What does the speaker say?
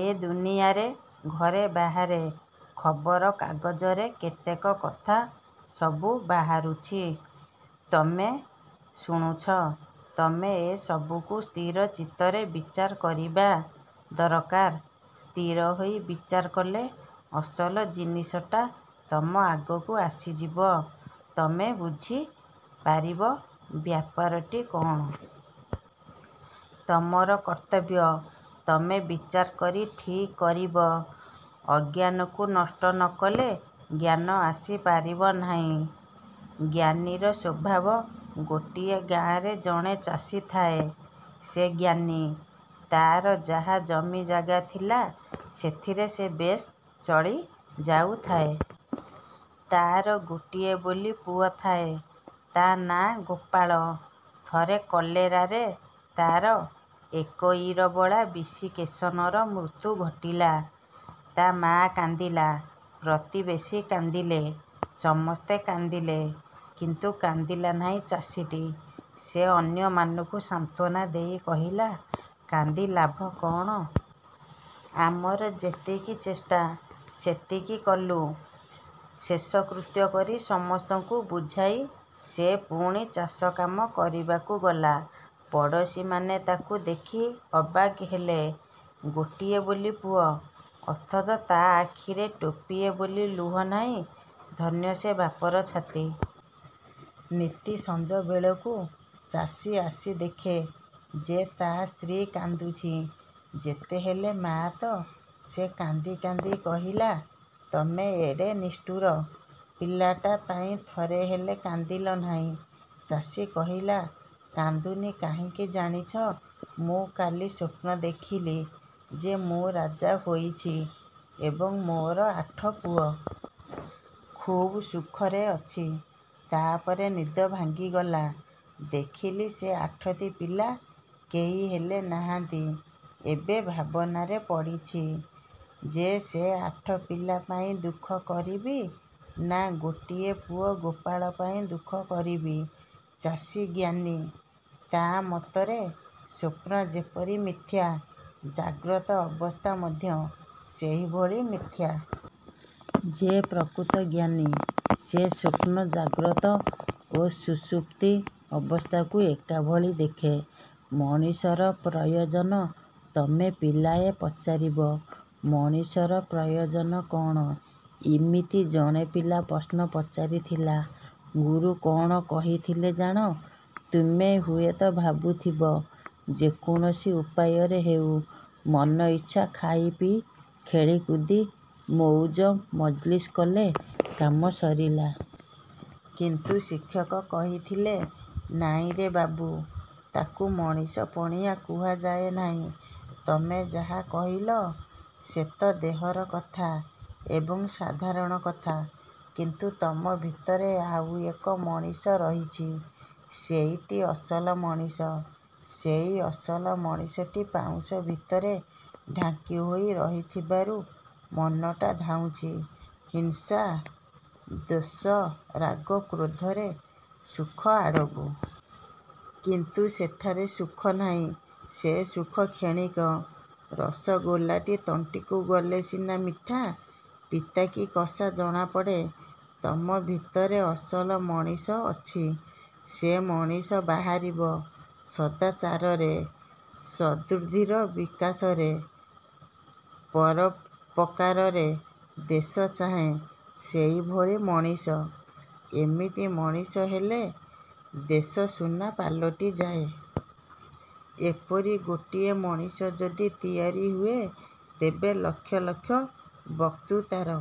ଏ ଦୁନିଆରେ ଘରେ ବାହାରେ, ଖବରକାଗଜରେ କେତେକ କଥା ସବୁ ବାହାରୁଛି, ତମେ ଶୁଣୁଛ। ତମେ ଏ ସବୁକୁ ସ୍ଥିର ଚିତ୍ତରେ ବିଚାର କରିବା ଦରକାର। ସ୍ଥିର ହୋଇ ବିଚାର କଲେ ଅସଲ ଜିନିଷଟା ତମ ଆଗକୁ ଆସିଯିବ। ତମେ ବୁଝି ପାରିବ ବ୍ୟାପାରଟି କଣ? ତମର କର୍ତ୍ତବ୍ୟ ତମେ ବିଚାରକରି ଠିକ୍ କରିବ। ଅଜ୍ଞାନକୁ ନଷ୍ଟ ନ କଲେ ଜ୍ଞାନ ଆସି ପାରିବ ନାହିଁ। ଜ୍ଞାନୀର ସ୍ୱଭାବ ଗୋଟିଏ ଗାଁରେ ଜଣେ ଚାଷୀ ଥାଏ। ସେ ଜ୍ଞାନୀ। ତାର ଯାହା ଜମି ଜାଗା ଥିଲା, ସେଥିରେ ସେ ବେଶ୍ ଚଳି ଯାଉଥାଏ। ତା'ର ଗୋଟିଏ ବୋଲି ପୁଅ ଥାଏ। ତା' ନାଁ ଗୋପାଳ। ଥରେ କଲେରାରେ ତା'ର ଏକୋଇରବଳା ବିଶିକେଶନର ମୃତ୍ୟୁ ଘଟିଲା। ତା' ମା କାନ୍ଦିଲା, ପ୍ରତିବେଶୀ କାନ୍ଦିଲେ, ସମସ୍ତେ କାନ୍ଦିଲେ କିନ୍ତୁ କାନ୍ଦିଲା ନାହିଁ ଚାଷୀଟି। ସେ ଅନ୍ୟମାନଙ୍କୁ ସାନ୍ତ୍ୱନା ଦେଇ କହିଲା-'କାନ୍ଦି ଲାଭ କ'ଣ? ଆମର ଯେତିକି ଚେଷ୍ଟା, ସେତିକି କଲୁଁ। ' ଶେଷକୃତ୍ୟ କରି ସମସ୍ତଙ୍କୁ ବୁଝାଇ ସେ ପୁଣି ଚାଷ କାମ କରିବାକୁ ଗଲା। ପଡ଼ୋଶୀମାନେ ତାକୁ ଦେଖି ଅବାକ୍ ହେଲେ। ଗୋଟିଏ ବୋଲି ପୁଅ, ଅଥଚ ତା' ଆଖିରେ ଟୋପିଏ ବୋଲି ଲୁହ ନାହିଁ। ଧନ୍ୟ ସେ ବାପର ଛାତି! ନିତି ସଞ୍ଜବେଳକୁ ଚାଷୀ ଆସି ଦେଖେ ଯେ ତା' ସ୍ତ୍ରୀ କାନ୍ଦୁଛି। ଯେତେହେଲେ ମା'ତ। ସେ କାନ୍ଦି କାନ୍ଦି କହିଲା-''ତମେ ଏଡ଼େ ନିଷ୍ଠୁର। ପିଲାଟା ପାଇଁ ଥରେ ହେଲେ କାନ୍ଦିଲ ନାହିଁ? '' ଚାଷୀ କହିଲା, ''କାନ୍ଦୁନି କାହିଁକି ଜାଣିଛ? ମୁଁ କାଲି ସ୍ୱପ୍ନ ଦେଖିଲି ଯେ ମୁଁ ରାଜା ହୋଇଛି ଏବଂ ମୋର ଆଠ ପୁଅ। ଖୁବ୍ ସୁଖରେ ଅଛି। ତା'ପରେ ନିଦ ଭାଙ୍ଗିଗଲା। ଦେଖିଲି ସେ ଆଠଟି ପିଲା କେହି ହେଲେ ନାହାନ୍ତି। ଏବେ ଭାବନାରେ ପଡ଼ିଛି ଯେ ସେ ଆଠ ପିଲା ପାଇଁ ଦୁଃଖ କରିବି ନା ଗୋଟିଏ ପୁଅ ଗୋପାଳ ପାଇଁ ଦୁଃଖ କରିବି। '' ଚାଷୀ ଜ୍ଞାନୀ-ତା' ମତରେ ସ୍ୱପ୍ନ ଯେପରି ମିଥ୍ୟା, ଜାଗ୍ରତ ଅବସ୍ଥା ମଧ୍ୟ ସେହିଭଳି ମିଥ୍ୟା-। ଯେ ପ୍ରକୃତ ଜ୍ଞାନୀ, ସେ ସ୍ୱପ୍ନ, ଜାଗ୍ରତ ଓ ସୁଷୁପ୍ତି ଅବସ୍ଥାକୁ ଏକାଭଳି ଦେଖେ। ମଣିଷର ପ୍ରୟୋଜନ ତମେ ପିଲାଏ ପଚାରିବ, ମଣିଷର ପ୍ରୟୋଜନ କଣ? ଇମିତି ଜଣେ ପିଲା ପ୍ରଶ୍ନ ପଚାରିଥିଲା। ଗୁରୁ କ'ଣ କହିଥିଲେ ଜାଣ! ତୁମେ ହୁଏତ ଭାବୁଥିବ, ଯେ କୌଣସି ଉପାୟରେ ହେଉ, ମନଇଚ୍ଛା ଖାଇପିଇ, ଖେଳିକୁଦି, ମଉଜମଜଲିସ କଲେ କାମ ସରିଲା। କିନ୍ତୁ ଶିକ୍ଷକ କହିଥିଲେ-''ନାଇଁରେ ବାବୁ, ତାକୁ ମଣିଷପଣିଆ କୁହାଯାଏ ନାହିଁ। ତମେ ଯାହା କହିଲ ସେ ତ ଦେହର କଥା ଏବଂ ସାଧାରଣ କଥା; କିନ୍ତୁ ତମ ଭିତରେ ଆଉ ଏକ ମଣିଷ ରହିଛି; ସେଇଟି ଅସଲ ମଣିଷ। ସେଇ ଅସଲ ମଣିଷଟି ପାଉଁଶ ଭିତରେ ଢାଙ୍କି ହୋଇ ରହିଥିବାରୁ ମନଟା ଧାଉଁଛି ହିଂସା, ଦ୍ୱେଷ ରାଗ-କ୍ରୋଧରେ ସୁଖ ଆଡ଼କୁ। କିନ୍ତୁ ସେଠାରେ ସୁଖ ନାହିଁ। ସେ ସୁଖ କ୍ଷଣିକ। ରସଗୋଲାଟି ତଣ୍ଟିକୁ ଗଲେ ସିନା ମିଠା, ପିତା କି କଷା ଜଣାପଡ଼େ। ତମ ଭିତରେ ଅସଲ ମଣିଷ ଅଛି। ସେ ମଣିଷ ବାହାରିବ ସଦାଚାରରେ, ସଦ୍ବୁଦ୍ଧିର ବିକାଶରେ, ପରୋପକାରରେ। ଦେଶ ଚାହେଁ ସେଇଭଳି ମଣିଷ। ଏମିତି ମଣିଷ ହେଲେ ଦେଶ ସୁନା ପାଲଟିଯାଏ। ଏପରି ଗୋଟିଏ ମଣିଷ ଯଦି ତିଆରି ହୁଏ,। ତେବେ ଲକ୍ଷ ଲକ୍ଷ ବକ୍ତୃତାର